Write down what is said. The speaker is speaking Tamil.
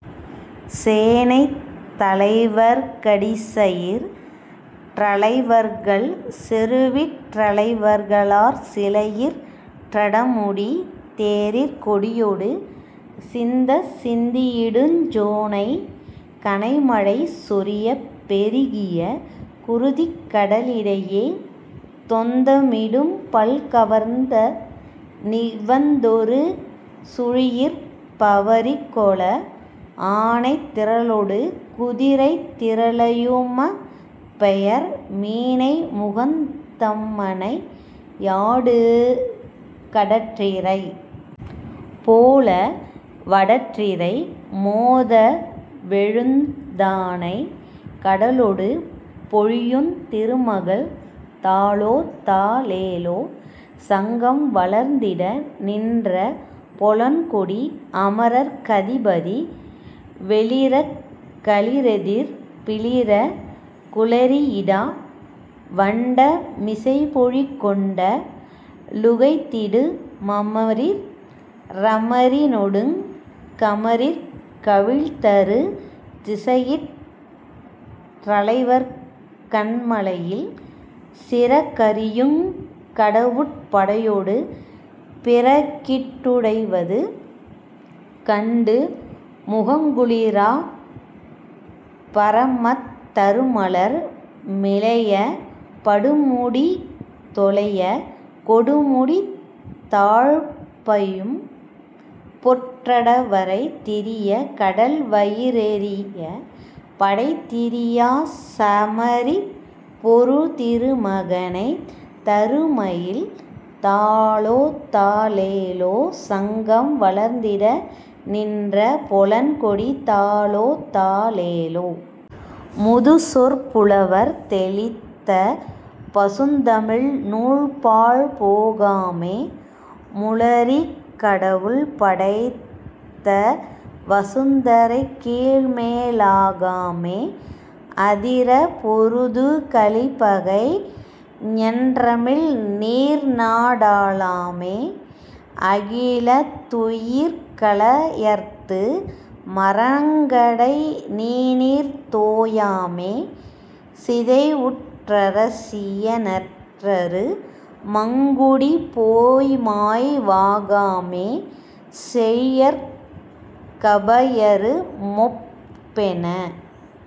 சேனைத் தலைவர்க டிசையிற் றலைவர்கள் செருவிற் றலைவர்களாற் சிலையிற் ட்டமுடி தேரிற் கொடியொடு சிந்தச் சிந்தியிடுஞ் சோனைக் கணைமழை சொரியப் பெருகிய குருதிக் கடலிடையே தொந்த மிடும்பல் கவந்த நிவந்தொரு சுழியிற் பவுரிகொள ஆனைத் திரளொடு குதிரைத் திரளையு மப்பெயர் மீனைமுகந் தம்மனை யாடுக டற்றிரை போல வடற்றிரை மோதவெழுந் தானைக் கடலொடு பொலியுந் திருமகள் தாலோ தாலேலோ சங்கம் வளர்ந்திட நின்ற பொலன்கொடி அமரர்க் கதிபதி வெளிறக் களிறெதிர் பிளிறக் குளிறியிடா வண்ட மிசைப்பொலி கொண்ட லுகைத்திடு மமரிற் றமரினொடுங் கமரிற் கவிழ்தரு திசையிற் றலைவர்கண் மலையில் சிறகரியுங் கடவுட் படையொடு பிறகிட் டுடைவது கண்டு முகங்குளிராப் பமரத் தருமலர் மிலையப் படுமுடி தொலையக் கொடுமுடி தாழ் பைம்பொற் றடவரை திரியக் கடல்வயி றெரியப் படைதிரியாச் சமரிற் பொருதிரு மகனைத் தருமயில் தாலோ தாலேலோ சங்கம் வளர்ந்திட நின்ற பொலன்கொடி தாலோ தாலேலோ. முதுசொற் புலவர் தெளித்த பசுந்தமிழ் நூல்பாழ் போகாமே முளரிக் கடவுள் படைத்த வசுந்தரை கீழ்மே லாகாமே அதிரப் பொருது கலிப்பகை ஞன்றமிழ் நீர்நா டாளாமே அகிலத் துயிர்க ளயர்த்து மறங்கடை நீணீர் தோயாமே சிதைவுற் றரசிய னற்றரு மங்குடி போய்மாய் வாகாமே செழியர்க் கபயரு மொப்பென